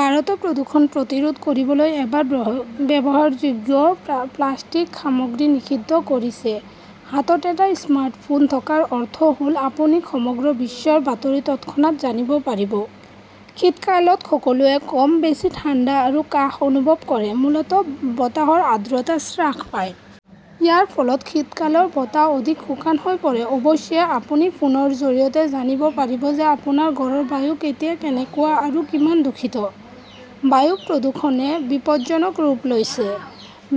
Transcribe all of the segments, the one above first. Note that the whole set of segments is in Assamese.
ভাৰতে প্ৰদূষণ প্ৰতিৰোধ কৰিবলৈ এবাৰ ব্ৰ ব্যৱহাৰযোগ্য প্লাষ্টিক সামগ্ৰী নিষিদ্ধ কৰিছে হাতত এটা স্মাৰ্টফোন থকাৰ অৰ্থ হ'ল আপুনি সমগ্ৰ বিশ্বৰ বাতৰি তৎক্ষণাত জানিব পাৰিব। শীতকালত সকলোৱে কম বেছি ঠাণ্ডা আৰু কাহ অনুভৱ কৰে। মূলতঃ বতাহৰ আৰ্দ্ৰতা ছ্ৰাস পায়। ইয়াৰ ফলত শীতকালৰ বতাহ অধিক শুকান হৈ পৰে। অৱশ্যে, আপুনি ফোনৰ জৰিয়তে জানিব পাৰিব যে আপোনাৰ ঘৰৰ বায়ু কেতিয়া কেনেকুৱা আৰু কিমান দূষিত। বায়ু প্ৰদূষণে বিপদজনক ৰূপ লৈছে।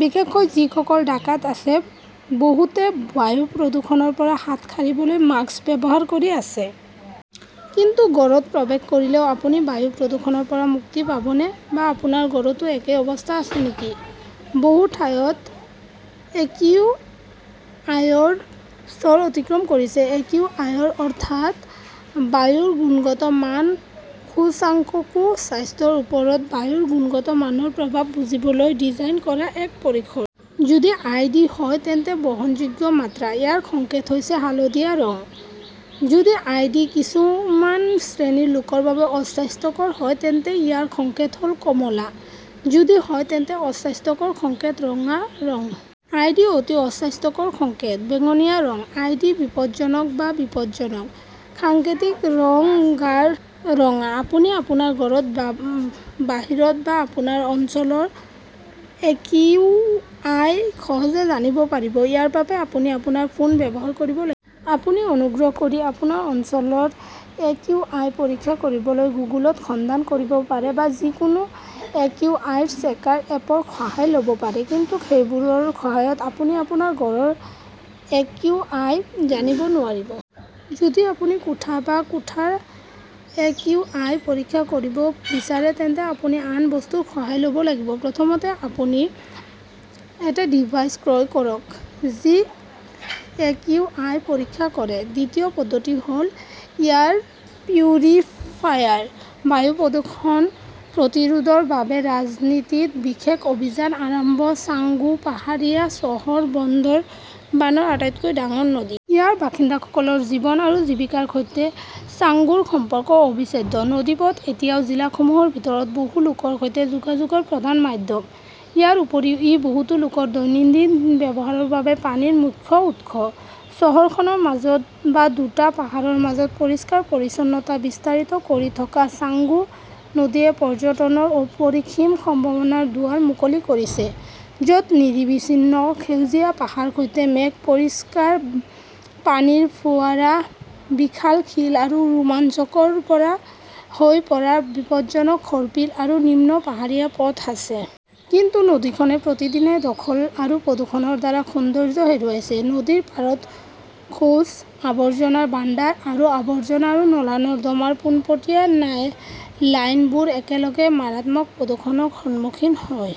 বিশেষকৈ যিসকল ঢাকাত আছে। বহুতে বায়ু প্ৰদূষণৰ পৰা হাত সাৰিবলৈ মাস্ক ব্যৱহাৰ কৰি আছে। কিন্তু ঘৰত প্ৰৱেশ কৰিলেও আপুনি বায়ু প্ৰদূষণৰ পৰা মুক্তি পাবনে? বা আপোনাৰ ঘৰতো একেই অৱস্থা আছে নেকি? বহু ঠাইত একিউআইয়ৰ স্তৰ অতিক্ৰম কৰিছে। এ. কিউ. আই. অৰ অৰ্থাৎ বায়ুৰ গুণগত মান সূচাংককো স্বাস্থ্যৰ ওপৰত বায়ুৰ গুণগত মানৰ প্ৰভাৱ বুজিবলৈ ডিজাইন কৰা এক পৰিসৰ। যদি আই. ডি. হয় তেন্তে বহনযোগ্য মাত্ৰা। ইয়াৰ সংকেত হৈছে হালধীয়া ৰং। যদি আই. ডি. কিছুমান শ্ৰেণীৰ লোকৰ বাবে অস্বাস্থ্যকৰ হয়, তেন্তে ইয়াৰ সংকেত হ 'ল কমলা। যদি হয় তেন্তে অস্বাস্থ্যকৰ, সংকেত ৰঙা ৰং। আই. ডি. অতি অস্বাস্থ্যকৰ, সংকেত বেঙুনীয়া ৰং। আই. ডি. বিপদজনক বা বিপদজনক, সাংকেতিক ৰং গাঢ় ৰঙা। আপুনি আপোনাৰ ঘৰৰ বাহিৰত বা আপোনাৰ অঞ্চলৰ একিউআই সহজে জানিব পাৰিব। ইয়াৰ বাবে আপুনি আপোনাৰ ফোন ব্যৱহাৰ কৰিব লাগিব। আপুনি অনুগ্ৰহ কৰি আপোনাৰ অঞ্চলৰ এ. কিউ. আই. পৰীক্ষা কৰিবলৈ গুগলত সন্ধান কৰিব পাৰে বা যিকোনো এ. কিউ. আই. চেকাৰ এপৰ সহায় ল 'ব পাৰে। কিন্তু সেইবোৰৰ সহায়ত আপুনি আপোনাৰ ঘৰৰ একিউআই জানিব নোৱাৰিব। যদি আপুনি কোঠা বা কোঠাৰ একিউআই পৰীক্ষা কৰিব বিচাৰে, তেন্তে আপুনি আন বস্তুৰ সহায় ল 'ব লাগিব। প্ৰথমতে আপুনি এটা ডিভাইচ ক্ৰয় কৰক যি একিউআই পৰীক্ষা কৰে। দ্বিতীয় পদ্ধতি হ'ল এয়াৰ পিউৰিফায়াৰ। বায়ু প্ৰদূষণ প্ৰতিৰোধৰ বাবে ৰাজনীতিত বিশেষ অভিযান আৰম্ভ ছাংগু পাহাৰীয়া চহৰ বন্দৰবানৰ আটাইতকৈ ডাঙৰ নদী। ইয়াৰ বাসিন্দাসকলৰ জীৱন আৰু জীৱিকাৰ সৈতে ছাংগুৰ সম্পৰ্ক অবিচ্ছেদ্য। নদীপথ এতিয়াও জিলাসমূহৰ ভিতৰত বহু লোকৰ সৈতে যোগাযোগৰ প্ৰধান মাধ্যম। ইয়াৰ উপৰিও ই বহুতো লোকৰ দৈনন্দিন ব্যৱহাৰৰ বাবে পানীৰ মুখ্য উৎস। চহৰখনৰ মাজত বা দুটা পাহাৰৰ মাজত পৰিষ্কাৰ-পৰিচ্ছন্নতা বিস্তাৰিত কৰি থকা ছাংগু নদীয়ে পৰ্যটনৰ অপৰিসীম সম্ভাৱনাৰ দুৱাৰ মুকলি কৰিছে, য 'ত নিৰিবিচ্ছিন্ন সেউজীয়া পাহাৰৰ সৈতে মেঘ, পৰিষ্কাৰ পানীৰ ফোঁৱাৰা, বিশাল শিল আৰু ৰোমাঞ্চকৰ পৰা হৈ পৰা বিপদজনক সৰ্পিল আৰু নিম্ন পাহাৰীয়া পথ আছে। কিন্তু নদীখনে প্ৰতিদিনে দখল আৰু প্ৰদূষণৰ দ্বাৰা সৌন্দৰ্য হেৰুৱাইছে। নদীৰ পাৰত শৌচ, আৱৰ্জনাৰ ভাণ্ডাৰ আৰু আৱৰ্জনা আৰু নলা-নৰ্দমাৰ পোনপটীয়া নাম লাইনবোৰ একেলগে মাৰাত্মক প্ৰদূষণৰ সন্মুখীন হয়।